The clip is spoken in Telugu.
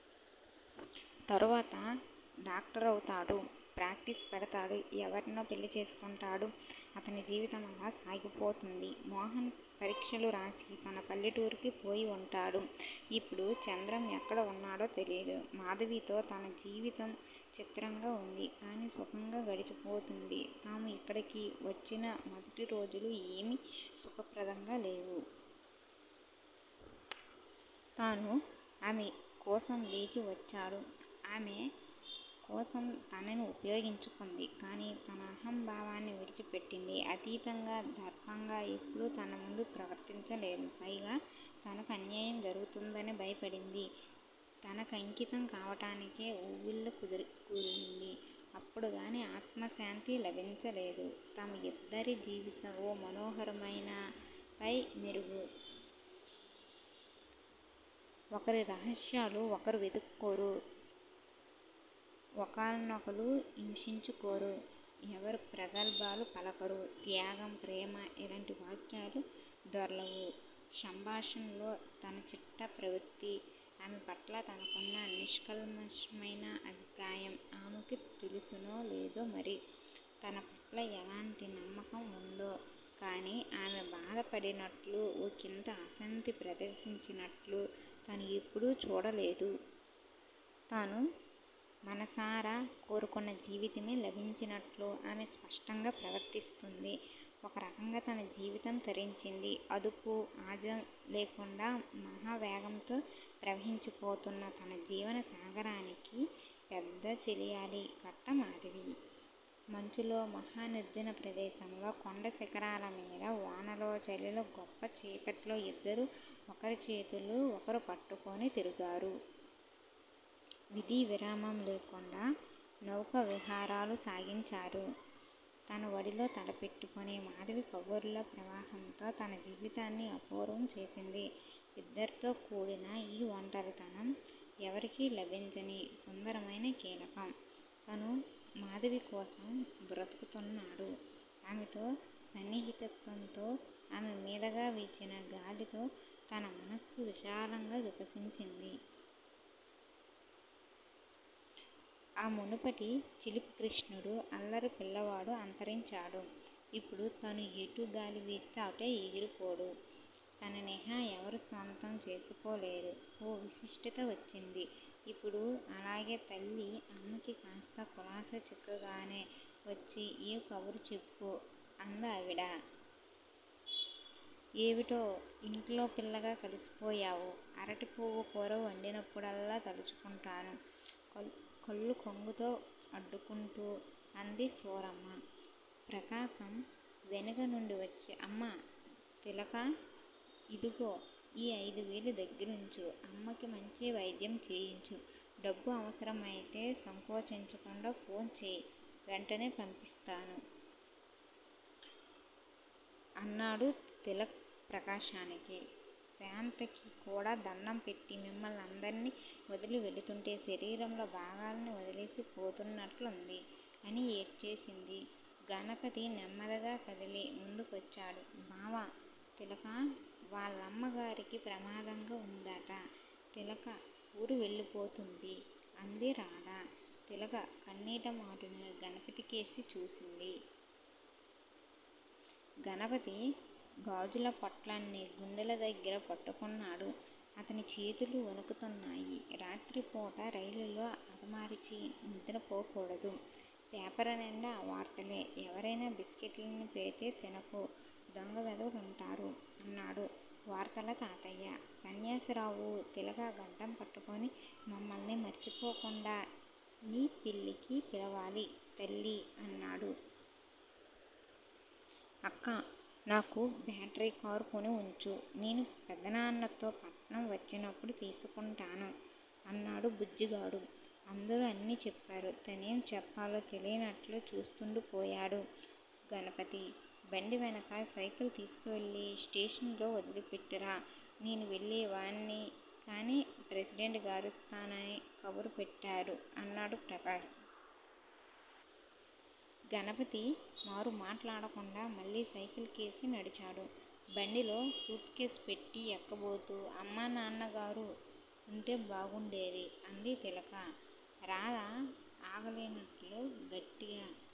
తరువాత డాక్టరౌతాడు. ప్రాక్టీసు పెడతాడు. ఎవర్నో పెళ్ళి చేసుకుంటాడు. అతని జీవితం అలా సాగిపోతుంది. మోహన్ పరీక్షలు రాసి తన పల్లెటూరికి పోయివుంటాడు. ఇప్పుడు చంద్రం ఎక్కడ వున్నాడో తెలియదు. మాధవితో తన జీవితం చిత్రంగా వుంది. కానీ సుఖంగా గడిచిపోతోంది. తాము యిక్కడికి వచ్చిన మొదటి రోజులు ఏమీ సుఖప్రదంగా లేవు. తను ఆమె కోసం లేచి వచ్చాడు. ఆమె కోసం తనని ఉపయోగించుకుంది. కానీ తన అహంభావాన్ని విడిచి పెట్టింది. అతీతంగా, దర్పంగా ఎప్పుడూ తనముందు ప్రవర్తించలేదు. పైగా తనకు అన్యాయం జరుగుతుందని భయపడింది. తనకంకితం కావటానికి ఉవ్విళ్ళూరింది. అప్పుడుగాని ఆత్మశాంతి లభించలేదు. తమ యిద్దరి జీవితం ఓ మనోహరమైన పై మెరుగు. ఒకరి రహస్యాలు ఒకరు వెదుక్కోరు. ఒకళ్ళనొకళ్ళు హింసించుకోరు. ఎవరూ ప్రగల్భాలు పలకరు. త్యాగం, ప్రేమ యిలాంటి వాక్యాలు దొర్లవు సంభాషణలో తన చిట్టా ప్రవృత్తి, ఆమె పట్ల తనకున్న నిష్కల్మషమైన అభిప్రాయం ఆమెకు తెలుసునో లేదో మరి. తన పట్ల ఎలాంటి నమ్మకం ఉందో? కానీ ఆమె బాధ పడినట్లు, ఒకింత అశాంతి ప్రదర్శించినట్లు తను ఎప్పుడూ చూడలేదు. తను మనసారా కోరుకున్న జీవితమే లభించినట్లు ఆమె స్పష్టంగా ప్రవర్తిస్తోంది. ఒక రకంగా తన జీవితం తరించింది. అదుపూ, ఆజా లేకుండా మహావేగంతో ప్రవహించిపోతోన్న తన జీవన సాగరానికి పెద్ద చెలియలి కట్ట మాధవి. మంచులో, మహా నిర్జన ప్రదేశంలో, కొండ శిఖరాల మీద, వానలో, చలిలో, గొప్ప చీకటిలో యిద్దరూ ఒకరి చేతులు ఒకరు పట్టుకుని తిరిగారు. విధి విరామం లేకుండా నౌకా విహారాలు సాగించారు. తన ఒడిలో తల పెట్టుకుని మాధవి కబుర్ల ప్రవాహంతో తన జీవితాన్ని అపూర్వం చేసింది. ఇద్దరితో కూడిన ఈ ఒంటరితనం ఎవ్వరికీ లభించని సుందరమైన కీలకం. తను మాధవికోసం బ్రతుకుతున్నాడు. ఆమెతో సన్నిహితత్వంతో, ఆమె మీదగా వీచిన గాలితో తన మనస్సు విశాలంగా వికసించింది. ఆ మునుపటి చిలిపి కృష్ణుడు, అల్లరి పిల్లవాడు అంతరించాడు. ఇప్పుడు తను ఎటు గాలి వీస్తే అటు ఎగిరిపోడు. తననిహ ఎవరూ స్వంతం చేసుకోలేరు. ఓ విశిష్టత వచ్చింది యిప్పుడు. అలాగే తల్లీ! అమ్మకి కాస్త కులాసా చిక్కగానే వచ్చి ఏ కబురూ చెప్పు అందావిడ. ఏవిటో ఇంట్లో పిల్లగా కలిసిపోయావు. అరటి పువ్వు కూర వండినప్పుడల్లా తలుచుకుంటాను! కళ్ళు కొంగుతో అడ్డుకుంటూ అంది సూరమ్మ. ప్రకాశం వెనక నుండి వచ్చి, అమ్మా, తిలకా! ఇదిగో ఈ ఐదు వేలూ దగ్గరుంచు అమ్మకి మంచి వైద్యం చేయించు, డబ్బు అవసరం అయితే సంకోచించకుండా ఫోన్ చెయ్యి, వెంటనే పంపిస్తాను! అన్నాడు. తిలక ప్రకాశానికీ, శాంతకీ కూడా దండం పెట్టి మిమ్మల్ని అందర్నీ వదలి వెళుతుంటే శరీరంలో భాగాల్ని వదిలేసి పోతున్నట్లుంది! అని ఏడ్చేసింది. గణపతి నెమ్మదిగా కదిలి ముందుకొచ్చాడు. బావా! తిలకా వాళ్ళమ్మ గారికి ప్రమాదంగా ఉందట. తిలక ఊరు వెళ్ళిపోతుంది! అంది రాధ. తిలక కన్నీటి మాటున గణపతికేసి చూసింది. గణపతి గాజుల పొట్లాన్ని గుండెల దగ్గరగా పట్టుకున్నాడు. అతని చేతులు వణుకుతున్నాయి. రాత్రి పూట రైళ్ళలలో ఆదమరచి నిద్రపోకూడదు. పేపర్ నిండా ఆ వార్తలే! ఎవరయినా బిస్కెట్లనీ పెడితే తినకు. దొంగ వెధవలుంటారు అన్నాడు వార్తల తాతయ్య. సన్యాసిరావు తిలక గడ్డం పట్టుకుని, మమ్మల్ని మరచిపోకుండా నీ పెళ్ళికి పిలవాలి తల్లీ అన్నాడు. అక్కా! నాకు బ్యాటరీ కారు కొని ఉంచు. నేను పెదనాన్నతో పట్నం వచ్చినప్పుడు తీసుకుంటాను! అన్నాడు బుజ్జిగాడు. అందరూ అన్నీ చెప్పారు. తనేం చెప్పాలో తెలియనట్లు చూస్తూండిపోయాడు. గణపతీ! బండివెనక సైకిల్ తీ సుకెళ్ళి స్టేషన్ లో వదిలిపెట్టిరా! నేను వెళ్ళే వాన్ని కాని ప్రెసిడెంట్ గారొస్తానని కబురు పెట్టారు అన్నాడు ప్రకాశం. గణపతి మారు మాట్లాడకుండా మళ్ళీ సైకిల్ కేసి నడిచాడు. బండిలో సూట్ కేస్ పెట్టి ఎక్కబోతూ, అమ్మా, నాన్నగారూ ఉంటే బాగుండేది అంది తిలక. రాధ ఆగలేనట్లు గట్టిగా